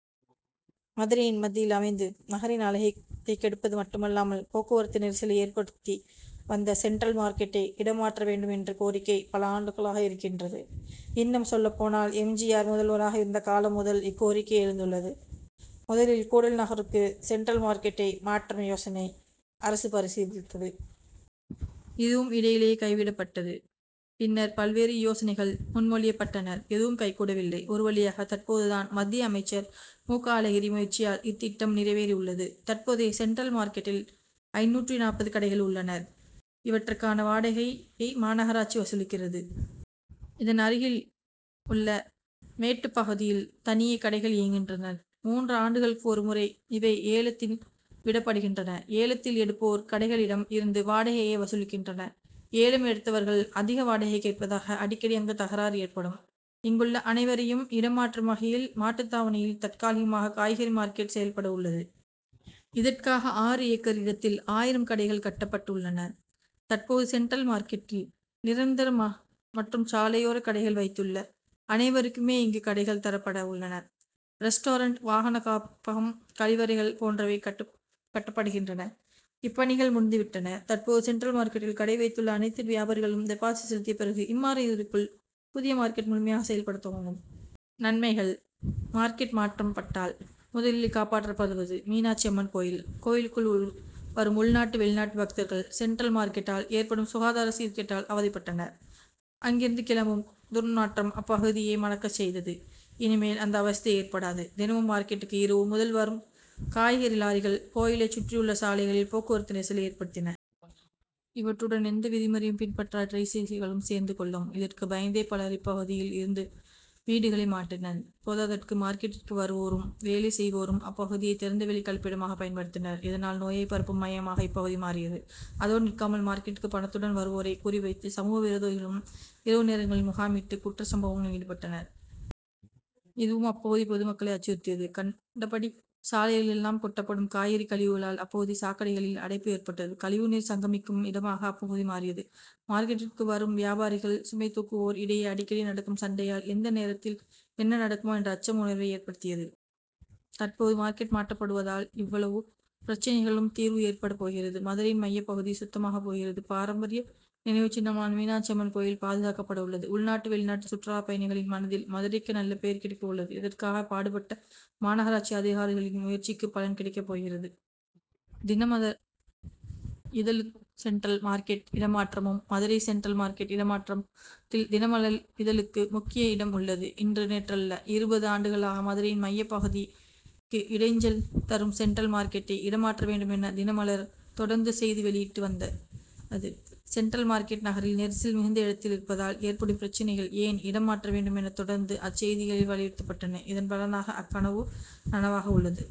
மதுரையின் மத்தியில் அமைந்து, நகரின் அழகைக் கெடுப்பது மட்டுமல்லாமல், போக்குவரத்து நெரிசலை ஏற்படுத்தி வந்த, சென்ட்ரல் மார்க்கெட்டை இடம் மாற்ற வேண்டும் என்ற கோரிக்கை, பல ஆண்டுகளாக இருக்கிறது. இன்னும் சொல்லப்போனால், எம். ஜி. ஆர்., முதல்வராக இருந்த காலம் முதல் இக்கோரிக்கை எழுந்துள்ளது. முதலில் கூடல்நகருக்கு சென்ட்ரல் மார்க்கெட்டை மாற்றும் யோசனையை அரசு பரிசீலித்தது. இதுவும் இடையிலேயே கைவிடப் பட்டது. பின்னர் பல்வேறு யோசனைகள் முன்மொழியப்பட்டன. எதுவும் கைகூடவில்லை. ஒரு வழியாக தற்போது தான், மத்திய அமைச்சர் மு. க. அழகிரி முயற்சியால் இத்திட்டம், நிறைவேறி உள்ளது. தற்போதைய சென்ட்ரல் மார்க்கெட்டில் ஐந்நூற்று நாற்பது கடைகள் உள்ளன. இவற்றுக்கான வாடகையைமாநகராட்சி வசூலிக்கிறது. இதன் அருகில் உள்ள மேட்டுப் பகுதியில் தனியே கடைகள் இயங்குகின்றன. மூன்று ஆண்டுகளுக்கு ஒரு முறை இவை ஏலத்தில் விடப்படுகின்றன. ஏலத்தில் எடுப்போர் கடைகளிடம் இருந்து வாடகையை வசூலிக்கின்றனர். ஏலம் எடுத்தவர்கள், அதிக வாடகை கேட்பதாக அடிக்கடி அங்கு தகராறு ஏற்படும். இங்குள்ள அனைவரையும் இடம் மாற்றும் வகையில், மாட்டுத்தாவணியில் தற்காலிகமாக காய்கறி மார்க்கெட் செயல்பட உள்ளது. இதற்காக ஆறு ஏக்கர் இடத்தில் ஆயிரம் கடைகள் கட்டப்பட்டு உள்ளன. தற்போது சென்ட்ரல் மார்க்கெட்டில் நிரந்தர மற்றும்சாலையோர கடைகள் வைத்துள்ள அனைவருக்குமே இங்கு கடைகள் தரப்பட உள்ளன. ரெஸ்ட்டாரென்ட், வாகன காப்பகம், கழிப்பறைகள் போன்றவையும் கட்டப்படுகின்றன. இப்பணிகள் முடிந்துவிட்டன. தற்போது சென்ட்ரல் மார்க்கெட்டில் கடை வைத்துள்ள அனைத்து வியாபாரிகளும் டெபாசிட் செலுத்திய பிறகு, இம்மாத இறுதிக்குள் புதிய மார்க்கெட் முழுமையாக செயல்படத் துவங்கும். நன்மைகள்: மார்க்கெட் மாற்றப் பட்டால் முதலில் காப்பாற்றப்படுவது மீனாட்சி அம்மன் கோயில். கோயிலுக்கு வரும் உள்நாட்டு, வெளிநாட்டு பக்தர்கள், சென்ட்ரல் மார்க்கெட்டால் ஏற்படும் சுகாதார சீர்கேட்டால் அவதிப்பட்டனர். அங்கிருந்து கிளம்பும் துர்நாற்றம், அப்பகுதியையே மணக்கச் செய்தது. இனிமேல் இந்த அவஸ்தை ஏற்படாது. தினமும் மார்க்கெட்டுக்கு இரவு முதல் வரும் காய்கறி லாரிகள், கோயிலைச் சுற்றியுள்ள சாலைகளில் போக்குவரத்து நெரிசலை ஏற்படுத்தின. இவற்றுடன் எந்த விதிமுறையையும் பின்பற்றாத டிரைசைக்கிள்களும் சேர்ந்து கொள்ளும். இதற்கு பயந்தே பலர், இப்பகுதியில் இருந்தவீடுகளை மாற்றினர். போதாததற்கு மார்க்கெட்டிற்கு வருவோரும், வேலை செய்வோரும் அப்பகுதியை திறந்தவெளி கழிப்பிடமாக பயன்படுத்தினர். இதனால் நோயை பரப்பும் மையமாகவும் இப்பகுதி மாறியது. அதோடு நிற்காமல், மார்க்கெட்டிற்கு பணத்துடன் வருவோரை குறி வைத்து, சமூக விரோதிகளும் இரவு நேரங்களில் முகாமிட்டு, குற்றச்சம்பவங்களில் ஈடுபட்டனர். இதுவும் அப்பகுதி பொதுமக்களை அச்சுறுத்தியது. கண்டபடி சாலைகளில்கொட்டப்படும் காய்கறி கழிவுகளால், அப்பகுதி சாக்கடைகளில் அடைப்பு ஏற்பட்டது, கழிவு நீர் சங்கமிக்கும் இடமாகவும் அப்பகுதி மாறியது. மார்க்கெட்டிற்கு வரும் வியாபாரிகள், சுமை தூக்குவோர் இடையே அடிக்கடி நடக்கும் சண்டையால், எந்த நேரத்தில் என்ன நடக்குமோ என்ற அச்ச உணர்வையும் ஏற்படுத்தியது. தற்போது மார்க்கெட் மாற்றப்படுவதால், இவ்வளவு பிரச்னைகளுக்கும் தீர்வு ஏற்படப் போகிறது. மதுரையின் மையப்பகுதி சுத்தமாகப் போகிறது. பாரம்பரிய நினைவுச் சின்னமான, மீனாட்சி அம்மன் கோயில் பாதுகாக்கப்பட உள்ளது. உள்நாடு, வெளிநாட்டு சுற்றுலா பயணிகளின் மனதில் மதுரைக்கு நல்ல பெயர் கிடைக்க உள்ளது. இதற்காக பாடுபட்ட மாநகராட்சி அதிகாரிகளின் முயற்சிக்கு பலன் கிடைக்கப் போகிறது. தினமலர் இதழும்சென்ட்ரல் மார்க்கெட் இடமாற்றமும்:மதுரை சென்ட்ரல் மார்க்கெட் இடமாற்றத்தில் தினமலர் இதழுக்கு முக்கிய இடம் உள்ளது. இன்று நேற்றல்ல, இருபது ஆண்டுகளாக, மதுரையின் மைய பகுதிக்கு இடைஞ்சல் தரும் சென்ட்ரல் மார்க்கெட்டை இடமாற்ற வேண்டும் என தினமலர், தொடர்ந்து செய்தி வெளியிட்டு வந்தது. சென்ட்ரல் மார்க்கெட் நகரில் நெரிசல் மிகுந்த இடத்தில் இருப்பதால் ஏற்படும் பிரச்னைகள், ஏன் இடம் மாற்ற வேண்டும் என தொடர்ந்து அச்செய்திகளில் வலியுறுத்தப்பட்டது. இதன் பலனாக அக்கனவு, நனவாகி உள்ளது.